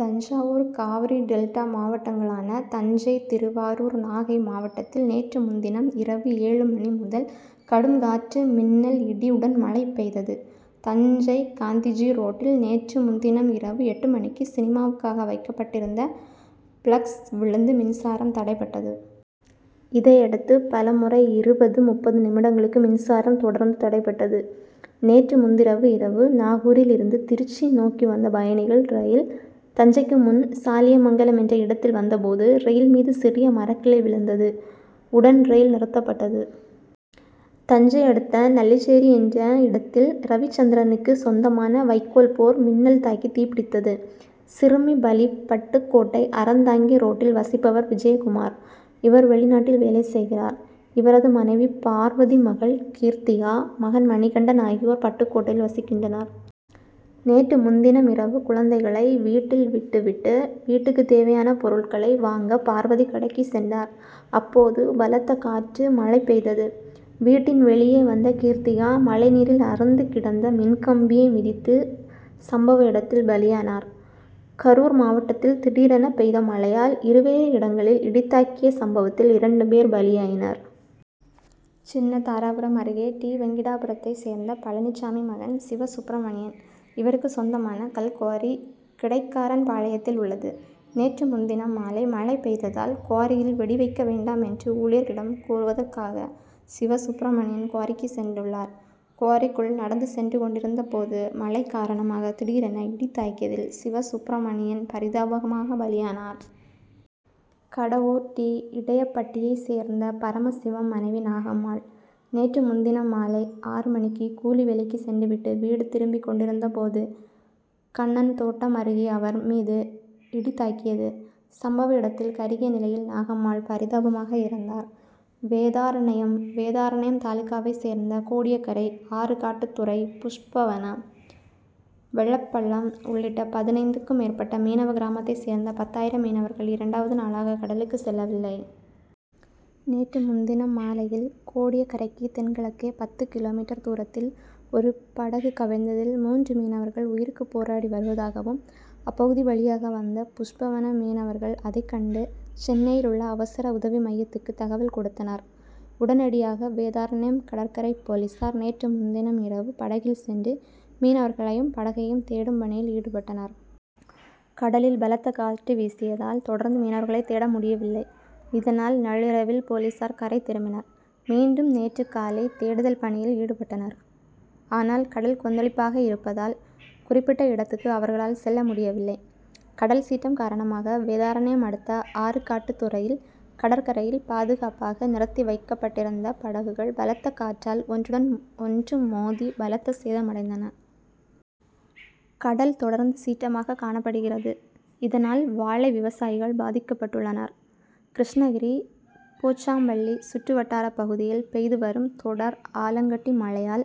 Thanjavur Cauvery delta மாவட்டங்களான தஞ்சை திருவாரூர் நாகை மாவட்டத்தில் நேற்று முன்தினம் இரவு ஏழு மணி முதல் கடும் காற்று மின்னல் இடியுடன் மழை பெய்தது. தஞ்சை காந்திஜி ரோட்டில் நேற்று முன்தினம் இரவு எட்டு மணிக்கு சினிமாவுக்காக வைக்கப்பட்டிருந்த பிளக்ஸ் விழுந்து மின்சாரம் தடைபட்டது. இதையடுத்து பல முறை இருபது, முப்பது நிமிடங்களுக்கு மின்சாரம் தொடர்ந்து தடைபட்டது. நேற்று முன்தினம் இரவு நாகூரில் இருந்து திருச்சி நோக்கி வந்த பயணிகள் ரயில் தஞ்சைக்கு முன் சாலியமங்கலம் என்ற இடத்தில் வந்தபோது ரயில் மீது சிறிய மரக்கிளை விழுந்தது. உடன் ரயில் நிறுத்தப்பட்டது. தஞ்சை அடுத்த நல்லிச்சேரி என்ற இடத்தில் ரவிச்சந்திரனுக்கு சொந்தமான வைக்கோல் போர் மின்னல் தாக்கி தீப்பிடித்தது. சிறுமி பலி பட்டுக்கோட்டை அறந்தாங்கி ரோட்டில் வசிப்பவர் விஜயகுமார். இவர் வெளிநாட்டில் வேலை செய்கிறார். இவரது மனைவி பார்வதி மகள் கீர்த்திகா மகன் மணிகண்டன் ஆகியோர் பட்டுக்கோட்டையில் வசிக்கின்றனர். நேற்று முன்தினம் இரவு குழந்தைகளை வீட்டில் விட்டுவிட்டு வீட்டுக்கு தேவையான பொருட்களை வாங்க பார்வதி கடைக்குச் சென்றார். அப்போது பலத்த காற்று மழை பெய்தது. வீட்டின் வெளியே வந்த கீர்த்திகா மழைநீரில் அறுந்து கிடந்த மின்கம்பியை மிதித்து சம்பவ இடத்தில் பலியானார். கரூர் மாவட்டத்தில் திடீரென பெய்த மழையால் இருவேறு இடங்களில் இடி தாக்கிய சம்பவத்தில் இரண்டு பேர் பலியாயினர். சின்னதாராபுரம் அருகே டி. வெங்கிடாபுரத்தை சேர்ந்த பழனிசாமி மகன் சிவசுப்பிரமணியன். இவருக்கு சொந்தமான கல் குவாரி கிடைக்காரன்பாளையத்தில் உள்ளது. நேற்று முன்தினம் மாலை மழை பெய்ததால் குவாரியில் வெடி வைக்க வேண்டாம் என்று ஊழியர்களிடம் கூறுவதற்காக சிவசுப்பிரமணியன் குவாரிக்கு சென்றுள்ளார். குவாரிக்குள் நடந்து சென்று கொண்டிருந்தபோது மழை காரணமாக திடீரென இடி தாக்கியதில் சிவசுப்பிரமணியன் பரிதாபமாக பலியானார். கடவூர் டி. இடையப்பட்டியை சேர்ந்த பரமசிவம் மனைவி நாகம்மாள். நேற்று முன்தினம் மாலை ஆறு மணிக்கு கூலி வேலைக்கு சென்றுவிட்டு வீடு திரும்பிக்கொண்டிருந்தபோது கண்ணன் தோட்டம் அருகே அவர் மீது இடி தாக்கியது. சம்பவ இடத்தில் கருகிய நிலையில் நாகம்மாள் பரிதாபமாக இறந்தார். வேதாரண்யம் வேதாரண்யம் தாலுகாவைச் சேர்ந்த கோடியக்கரை ஆறுகாட்டுத்துறை புஷ்பவனம் வெள்ளப்பள்ளம் உள்ளிட்ட பதினைந்துக்கும் மேற்பட்ட மீனவகிராமத்தைச் சேர்ந்த பத்தாயிரம் மீனவர்கள் இரண்டாவது நாளாக கடலுக்குச் செல்லவில்லை. நேற்று முன்தினம் மாலையில் கோடியக்கரைக்கு தென்கிழக்கே பத்து கிலோ மீட்டர் தூரத்தில் ஒரு படகு கவிழ்ந்ததில் மூன்று மீனவர்கள் உயிருக்கு போராடி வருவதாகவும் அப்பகுதி வழியாக வந்த புஷ்பவனம் மீனவர்கள் அதைக்கண்டு சென்னையில் உள்ள அவசர உதவி மையத்துக்கு தகவல் கொடுத்தனர். உடனடியாக வேதாரண்யம் கடற்கரை போலீசார் நேற்று முன்தினம் இரவு படகில் சென்று மீனவர்களையும் படகையும் தேடும் பணியில் ஈடுபட்டனர். கடலில் பலத்த காற்று வீசியதால் தொடர்ந்து மீனவர்களை தேட முடியவில்லை. இதனால் நள்ளிரவில் போலீசார் கரை திரும்பினர். மீண்டும் நேற்று காலை தேடுதல் பணியில் ஈடுபட்டனர். ஆனால் கடல் கொந்தளிப்பாக இருப்பதால் குறிப்பிட்ட இடத்துக்கு அவர்களால் செல்ல முடியவில்லை. கடல் சீற்றம் காரணமாக வேதாரண்யம் அடுத்த ஆறுகாட்டுத்துறையில் கடற்கரையில் பாதுகாப்பாக நிறுத்தி வைக்கப்பட்டிருந்த படகுகள் பலத்த காற்றால் ஒன்றுடன் ஒன்று மோதி பலத்த சேதமடைந்தன. கடல் தொடர்ந்து சீற்றமாக காணப்படுகிறது. இதனால் வாழை விவசாயிகள் பாதிக்கப்பட்டுள்ளனர். கிருஷ்ணகிரி போச்சம்பள்ளி சுற்றுவட்டார பகுதியில் பெய்து வரும் தொடர் ஆலங்கட்டி மழையால்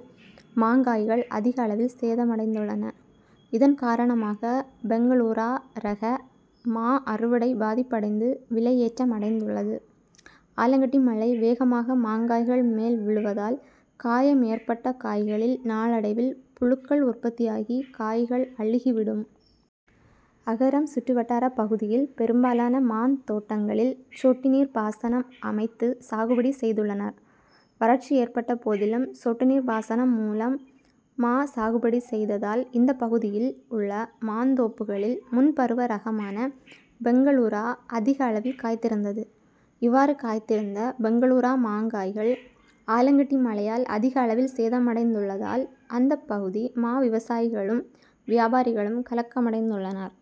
மாங்காய்கள் அதிக அளவில் சேதமடைந்துள்ளன. இதன் காரணமாக பெங்களூரா ரக மா அறுவடை பாதிப்படைந்து விலை ஏற்றம் அடைந்துள்ளது. ஆலங்கட்டி மழை வேகமாக மாங்காய்கள் மேல் விழுவதால் காயம் ஏற்பட்ட காய்களில் நாளடைவில் புழுக்கள் உற்பத்தியாகி காய்கள் அழுகி விடும். அகரம் சுற்றுவட்டாரப் பகுதியில் பெரும்பாலான மாந்தோட்டங்களில் சொட்டுநீர் பாசனம் அமைத்து சாகுபடி செய்துள்ளனர். வறட்சி ஏற்பட்ட போதிலும் சொட்டுநீர் பாசனம் மூலம் மா சாகுபடி செய்ததால் இந்த பகுதியில் உள்ள மாந்தோப்புகளில் முன்பருவ ரகமான பெங்களூரா அதிக அளவில் காய்த்திருந்தது. இவ்வாறு காய்த்திருந்த பெங்களூரா மாங்காய்கள் ஆலங்கட்டி மழையால் அதிக அளவில் சேதமடைந்துள்ளதால் அந்த பகுதி மா விவசாயிகளும் வியாபாரிகளும் கலக்கமடைந்துள்ளனர்.